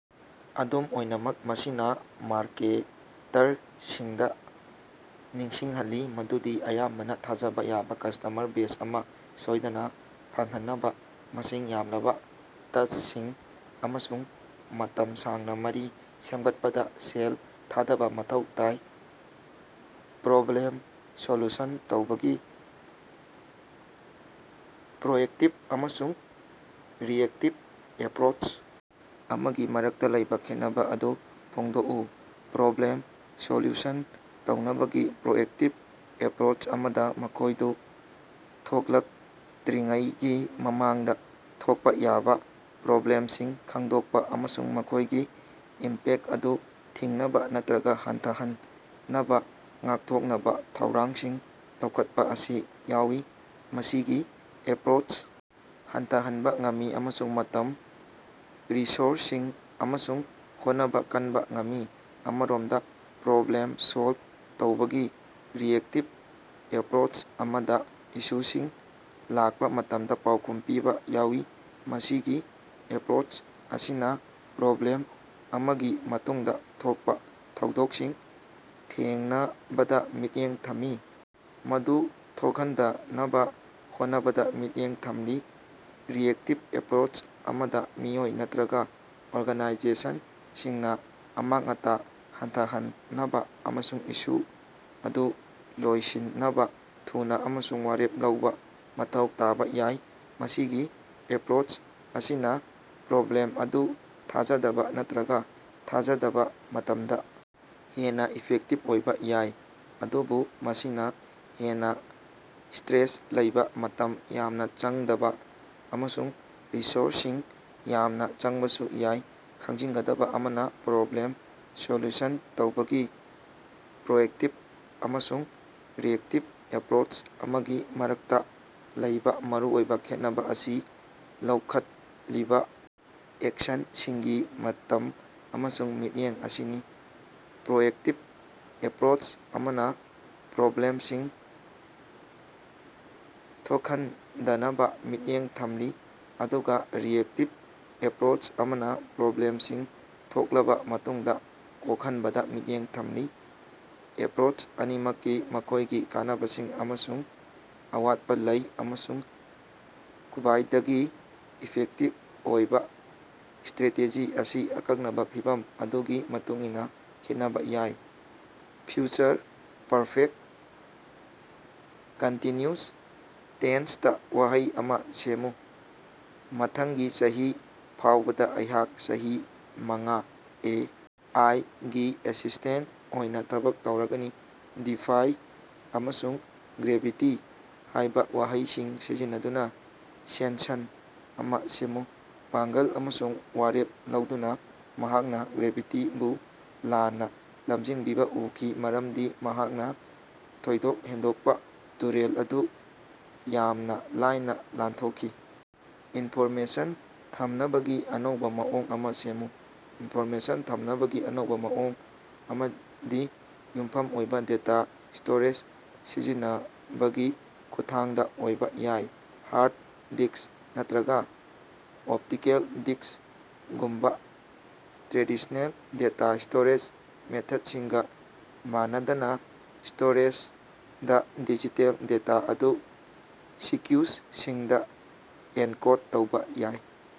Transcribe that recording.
ꯑꯗꯨꯝ ꯑꯣꯏꯅꯃꯛ, ꯃꯁꯤꯅ ꯃꯥꯔꯀꯦꯇꯔꯁꯤꯡꯗ ꯅꯤꯡꯁꯤꯡꯍꯜꯂꯤ ꯃꯗꯨꯗꯤ ꯑꯌꯥꯝꯕꯅ ꯊꯥꯖꯕ ꯌꯥꯕ ꯀꯁ꯭ꯇꯃꯔ ꯕꯦꯖ ꯑꯃ ꯁꯣꯏꯗꯅꯥ ꯐꯪꯍꯟꯅꯕꯥ ꯃꯁꯤꯡ ꯌꯥꯝꯂꯕ ꯇꯆꯁꯤꯡ ꯑꯃꯁꯨꯡ ꯃꯇꯝ ꯁꯥꯡꯅ ꯃꯔꯤ ꯁꯦꯝꯒꯠꯄꯗꯥ ꯁꯦꯜ ꯊꯥꯗꯕ ꯃꯊꯧ ꯇꯥꯏ꯫ ꯄ꯭ꯔꯣꯕ꯭ꯂꯦꯝ ꯁꯣꯜꯌꯨꯁꯟ ꯇꯧꯕꯒꯤ ꯄ꯭ꯔꯣꯑꯦꯛꯇꯤꯚ ꯑꯃꯁꯨꯡ ꯔꯤꯑꯦꯛꯇꯤꯚ ꯑꯦꯄꯔꯣꯆ ꯑꯃꯒꯤ ꯃꯔꯛꯇꯥ ꯂꯩꯕ ꯈꯦꯠꯅꯕꯥ ꯑꯗꯨ ꯐꯣꯡꯗꯣꯛꯎ꯫ ꯄ꯭ꯔꯣꯕ꯭ꯂꯦꯝ ꯁꯣꯂꯌꯨꯁꯟ ꯇꯧꯅꯕꯒꯤ ꯄ꯭ꯔꯣꯑꯦꯛꯇꯤꯚ ꯑꯦꯄꯔꯣꯆ ꯑꯃꯗ, ꯃꯈꯣꯏꯗꯨ ꯊꯣꯛꯂꯛꯇꯔꯤꯉꯩꯒꯤ ꯃꯃꯥꯡꯗ ꯊꯣꯛꯄꯥ ꯌꯥꯕ ꯄ꯭ꯔꯣꯕ꯭ꯂꯦꯝꯁꯤꯡ ꯈꯪꯗꯣꯛꯄꯥ ꯑꯃꯁꯨꯡ ꯃꯈꯣꯏꯒꯤ ꯏꯝꯄꯦꯛꯇ ꯑꯗꯨ ꯊꯤꯡꯅꯕꯥ ꯅꯠꯇꯔꯒ ꯍꯟꯊꯍꯟꯅꯕꯥ ꯉꯥꯛꯊꯣꯛꯅꯕꯥ ꯊꯧꯔꯥꯡꯁꯤꯡ ꯂꯧꯈꯠꯄꯥ ꯑꯁꯤ ꯌꯥꯎꯏ꯫ ꯃꯁꯤꯒꯤ ꯑꯦꯄꯔꯣꯆ ꯍꯟꯊꯍꯟꯕꯥ ꯉꯝꯃꯤ ꯑꯃꯁꯨꯡ ꯃꯇꯝ, ꯔꯤꯁꯣꯔꯁꯁꯤꯡ ꯑꯃꯁꯨꯡ ꯍꯣꯠꯅꯕꯥ ꯀꯟꯕꯥ ꯉꯝꯃꯤ꯫ ꯑꯃꯔꯣꯝꯗꯥ, ꯄ꯭ꯔꯣꯕ꯭ꯂꯦꯝ ꯁꯣꯜꯕ ꯇꯧꯕꯒꯤ ꯔꯤꯑꯦꯛꯇꯤꯕ ꯑꯦꯄꯄꯔꯣꯆ ꯑꯃꯗ ꯏꯁꯨꯁꯤꯡ ꯂꯥꯛꯄꯥ ꯃꯇꯝꯗ ꯄꯥꯎꯈꯨꯝ ꯄꯤꯕ ꯌꯥꯎꯏ꯫ ꯃꯁꯤꯒꯤ ꯑꯦꯄꯔꯣꯆ ꯑꯁꯤꯅ ꯄ꯭ꯔꯣꯕ꯭ꯂꯦꯝ ꯑꯃꯒꯤ ꯃꯇꯨꯡꯗꯥ ꯊꯣꯛꯄꯥ ꯊꯧꯗꯣꯛꯁꯤꯡ ꯊꯦꯡꯅꯕꯗꯥ ꯃꯤꯠꯌꯦꯡ ꯊꯝꯃꯤ, ꯃꯗꯨ ꯊꯣꯍꯟꯗꯅꯕꯥ ꯍꯣꯠꯅꯕꯗꯥ ꯃꯤꯠꯌꯦꯡ ꯊꯝꯂꯤ꯫ ꯔꯤꯑꯦꯛꯇꯤꯚ ꯑꯦꯄꯔꯣꯆ ꯑꯃꯗ, ꯃꯤꯑꯣꯏ ꯅꯠꯇꯔꯒ ꯑꯣꯔꯒꯥꯅꯥꯏꯖꯦꯁꯟꯁꯤꯡꯅ ꯑꯃꯥꯡ-ꯑꯇꯥ ꯍꯟꯊꯍꯟꯅꯕꯥ ꯑꯃꯁꯨꯡ ꯏꯁꯨ ꯑꯗꯨ ꯂꯣꯏꯁꯤꯟꯅꯕꯥ ꯊꯨꯅꯥ ꯑꯃꯁꯨꯡ ꯋꯥꯔꯦꯞ ꯂꯧꯕ ꯃꯊꯧ ꯇꯥꯕ ꯌꯥꯏ꯫ ꯃꯁꯤꯒꯤ ꯑꯦꯄꯔꯣꯆ ꯑꯁꯤꯅ ꯄ꯭ꯔꯣꯕ꯭ꯂꯦꯝ ꯑꯗꯨ ꯊꯥꯖꯗꯕꯥ ꯅꯠꯇꯔꯒ ꯊꯥꯖꯗꯕ ꯃꯇꯝꯗꯥ ꯍꯦꯟꯅ ꯏꯐꯦꯛꯇꯤꯚ ꯑꯣꯏꯕ ꯌꯥꯏ, ꯑꯗꯨꯕꯨ ꯃꯁꯤꯅ ꯍꯦꯟꯅꯥ ꯁ꯭ꯇꯔꯦꯁ ꯂꯩꯕ, ꯃꯇꯝ ꯌꯥꯝꯅ ꯆꯪꯗꯕ ꯑꯃꯁꯨꯡ ꯔꯤꯁꯣꯔꯁꯁꯤꯡ ꯌꯥꯝꯅ ꯆꯪꯕꯁꯨ ꯌꯥꯏ꯫ ꯈꯪꯖꯤꯟꯒꯗꯕꯥ ꯑꯃꯅ, ꯄ꯭ꯔꯣꯕ꯭ꯂꯦꯝ ꯁꯣꯂꯌꯨꯁꯟ ꯇꯧꯕꯒꯤ ꯄ꯭ꯔꯣꯑꯦꯛꯇꯤꯚ ꯑꯃꯁꯨꯡ ꯔꯤꯑꯦꯛꯇꯤꯚ ꯑꯦꯄꯔꯣꯆ ꯑꯃꯒꯤ ꯃꯔꯛꯇ ꯂꯩꯕ ꯃꯔꯨꯑꯣꯏꯕ ꯈꯦꯠꯅꯕꯥ ꯑꯁꯤ ꯂꯧꯈꯠꯂꯤꯕ ꯑꯦꯛꯁꯟꯁꯤꯡꯒꯤ ꯃꯇꯝ ꯑꯃꯁꯨꯡ ꯃꯤꯠꯌꯦꯡ ꯑꯁꯤꯅꯤ꯫ ꯄ꯭ꯔꯣꯑꯦꯛꯇꯤꯕ ꯑꯦꯞꯄꯔꯣꯆ ꯑꯃꯅ ꯄ꯭ꯔꯣꯕ꯭ꯂꯦꯝꯁꯤꯡ ꯊꯣꯈꯟꯗꯅꯕꯥ ꯃꯤꯠꯌꯦꯡ ꯊꯝꯂꯤ, ꯑꯗꯨꯒꯥ ꯔꯤꯑꯦꯛꯇꯤꯕ ꯑꯦꯞꯔꯣꯆ ꯑꯃꯅ ꯄ꯭ꯔꯣꯕ꯭ꯂꯦꯃꯁꯤꯡ ꯊꯣꯛꯂꯕꯥ ꯃꯇꯨꯡꯗꯥ ꯀꯣꯛꯍꯟꯕꯗꯥ ꯃꯤꯠꯌꯦꯡ ꯊꯝꯂꯤ꯫ ꯑꯦꯄꯔꯣꯆ ꯑꯅꯤꯃꯛꯀꯤ ꯃꯈꯣꯏꯒꯤ ꯀꯥꯟꯅꯕꯁꯤꯡ ꯑꯃꯁꯨꯡ ꯑꯋꯥꯠꯄ ꯂꯩ, ꯑꯃꯁꯨꯡ ꯈ꯭ꯕꯥꯏꯗꯒꯤ ꯏꯐꯦꯛꯇꯤꯚ ꯑꯣꯏꯕ ꯁ꯭ꯇꯔꯦꯇꯤꯖꯤ ꯑꯁꯤ ꯑꯀꯛꯅꯕꯥ ꯐꯤꯚꯝ ꯑꯗꯨꯒꯤ ꯃꯇꯨꯡꯏꯟꯅꯥ ꯈꯦꯠꯅꯕꯥ ꯌꯥꯏ꯫ ꯐ꯭ꯌꯨꯆꯔ ꯄꯔꯐꯦꯛꯇ ꯀꯟꯇꯤꯟꯌꯨꯁ ꯇꯦꯟꯁꯇꯥ ꯋꯥꯍꯩ ꯑꯃ ꯁꯦꯝꯃꯨ꯫ ꯃꯊꯪꯒꯤ ꯆꯍꯤ ꯐꯥꯎꯕꯗꯥ ꯑꯩꯍꯥꯛ ꯆꯍꯤ ꯃꯉꯥ ꯑꯦ. ꯑꯥꯏ. ꯒꯤ ꯑꯦꯁꯤꯁ꯭ꯇꯦꯟꯇ ꯑꯣꯏꯅ ꯊꯕꯛ ꯇꯧꯔꯒꯅꯤ꯫। "ꯗꯤꯐꯥꯏ" ꯑꯃꯁꯨꯡ "ꯒ꯭ꯔꯦꯚꯤꯇꯤ" ꯍꯥꯏꯕ ꯋꯥꯍꯩꯁꯤꯡ ꯁꯤꯖꯤꯟꯅꯗꯨꯅ ꯁꯦꯟꯁꯟ ꯑꯃ ꯁꯦꯝꯃꯨ? ꯄꯥꯡꯒꯜ ꯑꯃꯁꯨꯡ ꯋꯥꯔꯦꯞ ꯂꯧꯗꯨꯅ ꯃꯍꯥꯛꯅ ꯒ꯭ꯔꯦꯚꯤꯇꯤꯕꯨ ꯂꯥꯟꯅ ꯂꯝꯖꯤꯡꯕꯤꯕ ꯎꯈꯤ ꯃꯔꯝꯗꯤ ꯃꯍꯥꯛꯅ ꯊꯣꯏꯗꯣꯛ ꯍꯦꯟꯗꯣꯛꯄꯥ ꯇꯨꯔꯦꯜ ꯑꯗꯨ ꯌꯥꯝꯅ ꯂꯥꯏꯅ ꯂꯥꯟꯊꯣꯛꯈꯤ꯫ ꯏꯟꯐꯣꯔꯃꯦꯁꯟ ꯊꯝꯅꯕꯒꯤ ꯑꯅꯧꯕ ꯃꯑꯣꯡ ꯑꯃ ꯁꯦꯝꯃꯨ꯫ ꯏꯟꯐꯣꯔꯃꯦꯁꯟ ꯊꯝꯅꯕꯒꯤ ꯑꯅꯧꯕ ꯃꯑꯣꯡ ꯑꯃꯗꯤ ꯌꯨꯝꯐꯝ ꯑꯣꯏꯕ ꯗꯇꯥ ꯁ꯭ꯇꯣꯔꯦꯖ ꯁꯤꯖꯤꯟꯅꯕꯒꯤ ꯈꯨꯠꯊꯥꯡꯗ ꯑꯣꯏꯕ ꯌꯥꯏ꯫ ꯍꯥꯔꯗ ꯗꯤꯛꯁ ꯅꯠꯇꯔꯒ ꯑꯣꯞꯇꯤꯀꯦꯜ ꯗꯤꯛꯁꯒꯨꯝꯕꯥ ꯇ꯭ꯔꯦꯗꯤꯁꯅꯦꯜ ꯗꯇꯥ ꯁ꯭ꯇꯣꯔꯦꯖ ꯃꯦꯊꯦꯠꯁꯤꯡꯒ ꯃꯥꯟꯅꯗꯅ, ꯁ꯭ꯇꯣꯔꯦꯖꯗ ꯗꯤꯖꯤꯇꯦꯜ ꯗꯇꯥ ꯑꯗꯨ ꯁꯤꯀꯌꯨꯁꯁꯤꯡꯗꯥ ꯑꯦꯟꯀꯣꯗ ꯇꯧꯕ ꯌꯥꯎꯏ꯫